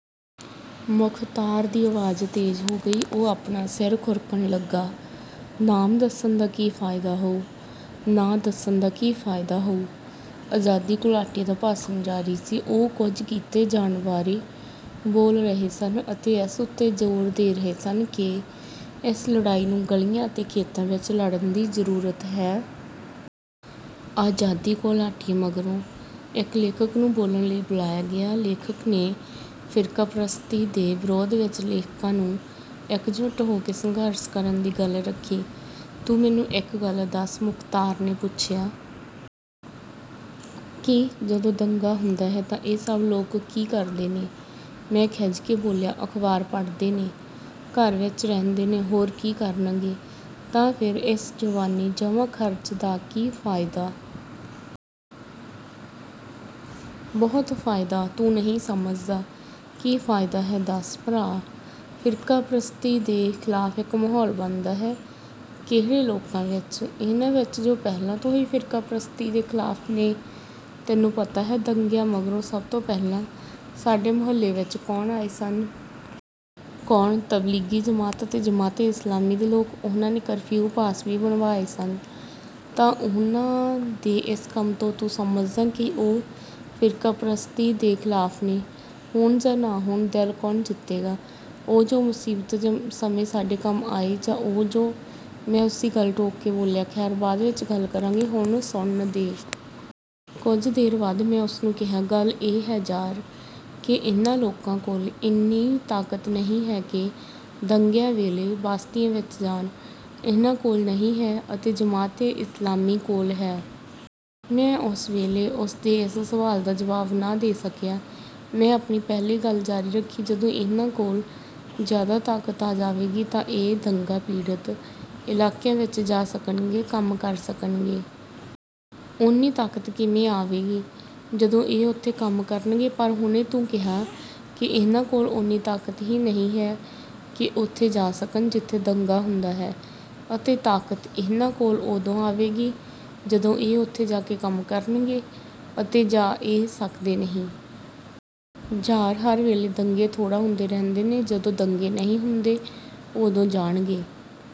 ਮੁਖ਼ਤਾਰ ਦੀ ਆਵਾਜ਼ ਤੇਜ਼ ਹੋ ਗਈ। ਉਹ ਆਪਣਾ ਸਿਰ ਖੁਰਕਣ ਲੱਗਾ, "ਨਾਮ ਦੱਸਣ ਦਾ ਕੀ ਫ਼ਾਇਦਾ ਹੋਊ?" "ਨਾ ਦੱਸਣ ਦਾ ਕੀ ਫ਼ਾਇਦਾ ਹੋਊ?" ਆਜ਼ਾਦੀ ਘੁਲਾਟੀਏ ਦਾ ਭਾਸ਼ਣ ਜਾਰੀ ਸੀ। ਉਹ ਕੁਝ ਕੀਤੇ ਜਾਣ ਬਾਰੇ ਬੋਲ ਰਹੇ ਸਨ ਅਤੇ ਇਸ ਉੱਤੇ ਜ਼ੋਰ ਦੇ ਰਹੇ ਸਨ ਕਿ ਇਸ ਲੜਾਈ ਨੂੰ ਗਲੀਆਂ ਅਤੇ ਖੇਤਾਂ ਵਿੱਚ ਲੜਨ ਦੀ ਜ਼ਰੂਰਤ ਹੈ। ਆਜ਼ਾਦੀ ਘੁਲਾਟੀਏ ਮਗਰੋਂ ਇੱਕ ਲੇਖਕ ਨੂੰ ਬੋਲਣ ਲਈ ਬੁਲਾਇਆ ਗਿਆ। ਲੇਖਕ ਨੇ ਫ਼ਿਰਕਾਪ੍ਰਸਤੀ ਦੇ ਵਿਰੋਧ ਵਿੱਚ ਲੇਖਕਾਂ ਨੂੰ ਇੱਕਜੁਟ ਹੋ ਕੇ ਸੰਘਰਸ਼ ਕਰਨ ਦੀ ਗੱਲ ਰੱਖੀ। "ਤੂੰ ਮੈਨੂੰ ਇੱਕ ਗੱਲ ਦੱਸ," ਮੁਖ਼ਤਾਰ ਨੇ ਪੁੱਛਿਆ। "ਕੀ?" "ਜਦੋਂ ਦੰਗਾ ਹੁੰਦਾ ਹੈ ਤਾਂ ਇਹ ਸਭ ਲੋਕ ਕੀ ਕਰਦੇ ਨੇ?" ਮੈਂ ਖਿੱਝ ਕੇ ਬੋਲਿਆ, "ਅਖ਼ਬਾਰ ਪੜ੍ਹਦੇ ਨੇ, ਘਰ ਵਿੱਚ ਰਹਿੰਦੇ ਨੇ, ਹੋਰ ਕੀ ਕਰਨਗੇ?" "ਤਾਂ ਫਿਰ ਇਸ ਜ਼ੁਬਾਨੀ ਜਮ੍ਹਾਂ-ਖ਼ਰਚ ਦਾ ਕੀ ਫ਼ਾਇਦਾ?" "ਬਹੁਤ ਫ਼ਾਇਦਾ, ਤੂੰ ਨਹੀਂ ਸਮਝਦਾ।" "ਕੀ ਫ਼ਾਇਦਾ ਹੈ, ਦੱਸ?" "ਭਰਾ, ਫ਼ਿਰਕਾਪ੍ਰਸਤੀ ਦੇ ਖ਼ਿਲਾਫ਼ ਇੱਕ ਮਾਹੌਲ ਬਣਦਾ ਹੈ।" "ਕਿਹੜੇ ਲੋਕਾਂ ਵਿੱਚ? ਇਹਨਾਂ ਵਿੱਚ, ਜੋ ਪਹਿਲਾਂ ਤੋਂ ਹੀ ਫ਼ਿਰਕਾਪ੍ਰਸਤੀ ਦੇ ਖ਼ਿਲਾਫ਼ ਨੇ? ਤੈਨੂੰ ਪਤਾ ਹੈ ਦੰਗਿਆਂ ਮਗਰੋਂ ਸਭ ਤੋਂ ਪਹਿਲਾਂ ਸਾਡੇ ਮੁਹੱਲੇ ਵਿੱਚ ਕੌਣ ਆਏ ਸਨ?" "ਕੌਣ?" "ਤਬਲੀਗੀ ਜਮਾਤ ਅਤੇ ਜਮਾਤ-ਏ-ਇਸਲਾਮੀ ਦੇ ਲੋਕ! ਉਹਨਾਂ ਨੇ ਕਰਫ਼ਿਊ ਪਾਸ ਵੀ ਬਣਵਾਏ ਸਨ।" "ਤਾਂ ਉਹਨਾਂ ਦੇ ਇਸ ਕੰਮ ਤੋਂ ਤੂੰ ਸਮਝਦੈਂ ਕਿ ਉਹ ਫ਼ਿਰਕਾਪ੍ਰਸਤੀ ਦੇ ਖ਼ਿਲਾਫ਼ ਨੇ?" "ਹੋਣ ਜਾਂ ਨਾ ਹੋਣ, ਦਿਲ ਕੌਣ ਜਿੱਤੇਗਾ—ਉਹ ਜੋ ਮੁਸੀਬਤ ਸਮੇਂ ਸਾਡੇ ਕੰਮ ਆਏ ਜਾਂ ਉਹ ਜੋ—" ਮੈਂ ਉਸ ਦੀ ਗੱਲ ਟੋਕ ਕੇ ਬੋਲਿਆ, "ਖ਼ੈਰ, ਬਾਅਦ ਵਿੱਚ ਗੱਲ ਕਰਾਂਗੇ, ਹੁਣ ਸੁਣਨ ਦੇ।" ਕੁਝ ਦੇਰ ਬਾਅਦ ਮੈਂ ਉਸ ਨੂੰ ਕਿਹਾ, "ਗੱਲ ਇਹ ਹੈ ਯਾਰ ਕਿ ਇਹਨਾਂ ਲੋਕਾਂ ਕੋਲ਼ ਇੰਨੀ ਤਾਕਤ ਨਹੀਂ ਹੈ ਕਿ ਦੰਗਿਆਂ ਵੇਲੇ ਬਸਤੀਆਂ ਵਿੱਚ ਜਾਣ।" "ਇਹਨਾਂ ਕੋਲ਼ ਨਹੀਂ ਹੈ ਅਤੇ ਜਮਾਤ-ਏ-ਇਸਲਾਮੀ ਕੋਲ਼ ਹੈ?" ਮੈਂ ਉਸ ਵੇਲੇ ਉਸ ਦੇ ਇਸ ਸਵਾਲ ਦਾ ਜਵਾਬ ਨਾ ਦੇ ਸਕਿਆ। ਮੈਂ ਆਪਣੀ ਪਹਿਲੀ ਗੱਲ ਜਾਰੀ ਰੱਖੀ, "ਜਦੋਂ ਇਹਨਾਂ ਕੋਲ਼ ਜ਼ਿਆਦਾ ਤਾਕਤ ਆ ਜਾਵੇਗੀ ਤਾਂ ਇਹ ਦੰਗਾ-ਪੀੜਤ ਇਲਾਕਿਆਂ ਵਿੱਚ ਜਾ ਸਕਣਗੇ, ਕੰਮ ਕਰ ਸਕਣਗੇ।" "ਓਨੀ ਤਾਕਤ ਕਿਵੇਂ ਆਵੇਗੀ?" "ਜਦੋਂ ਇਹ ਉੱਥੇ ਕੰਮ ਕਰਨਗੇ।" "ਪਰ ਹੁਣੇ ਤੂੰ ਕਿਹਾ ਕਿ ਇਹਨਾਂ ਕੋਲ਼ ਓਨੀ ਤਾਕਤ ਹੀ ਨਹੀਂ ਹੈ ਕਿ ਉੱਥੇ ਜਾ ਸਕਣ ਜਿੱਥੇ ਦੰਗਾ ਹੁੰਦਾ ਹੈ, ਅਤੇ ਤਾਕਤ ਇਹਨਾਂ ਕੋਲ਼ ਉਦੋਂ ਆਵੇਗੀ ਜਦੋਂ ਇਹ ਉੱਥੇ ਜਾ ਕੇ ਕੰਮ ਕਰਨਗੇ—ਅਤੇ ਜਾ ਇਹ ਸਕਦੇ ਨਹੀਂ।" "ਯਾਰ, ਹਰ ਵੇਲੇ ਦੰਗੇ ਥੋੜ੍ਹਾ ਹੁੰਦੇ ਰਹਿੰਦੇ ਨੇ! ਜਦੋਂ ਦੰਗੇ ਨਹੀਂ ਹੁੰਦੇ, ਉਦੋਂ ਜਾਣਗੇ।"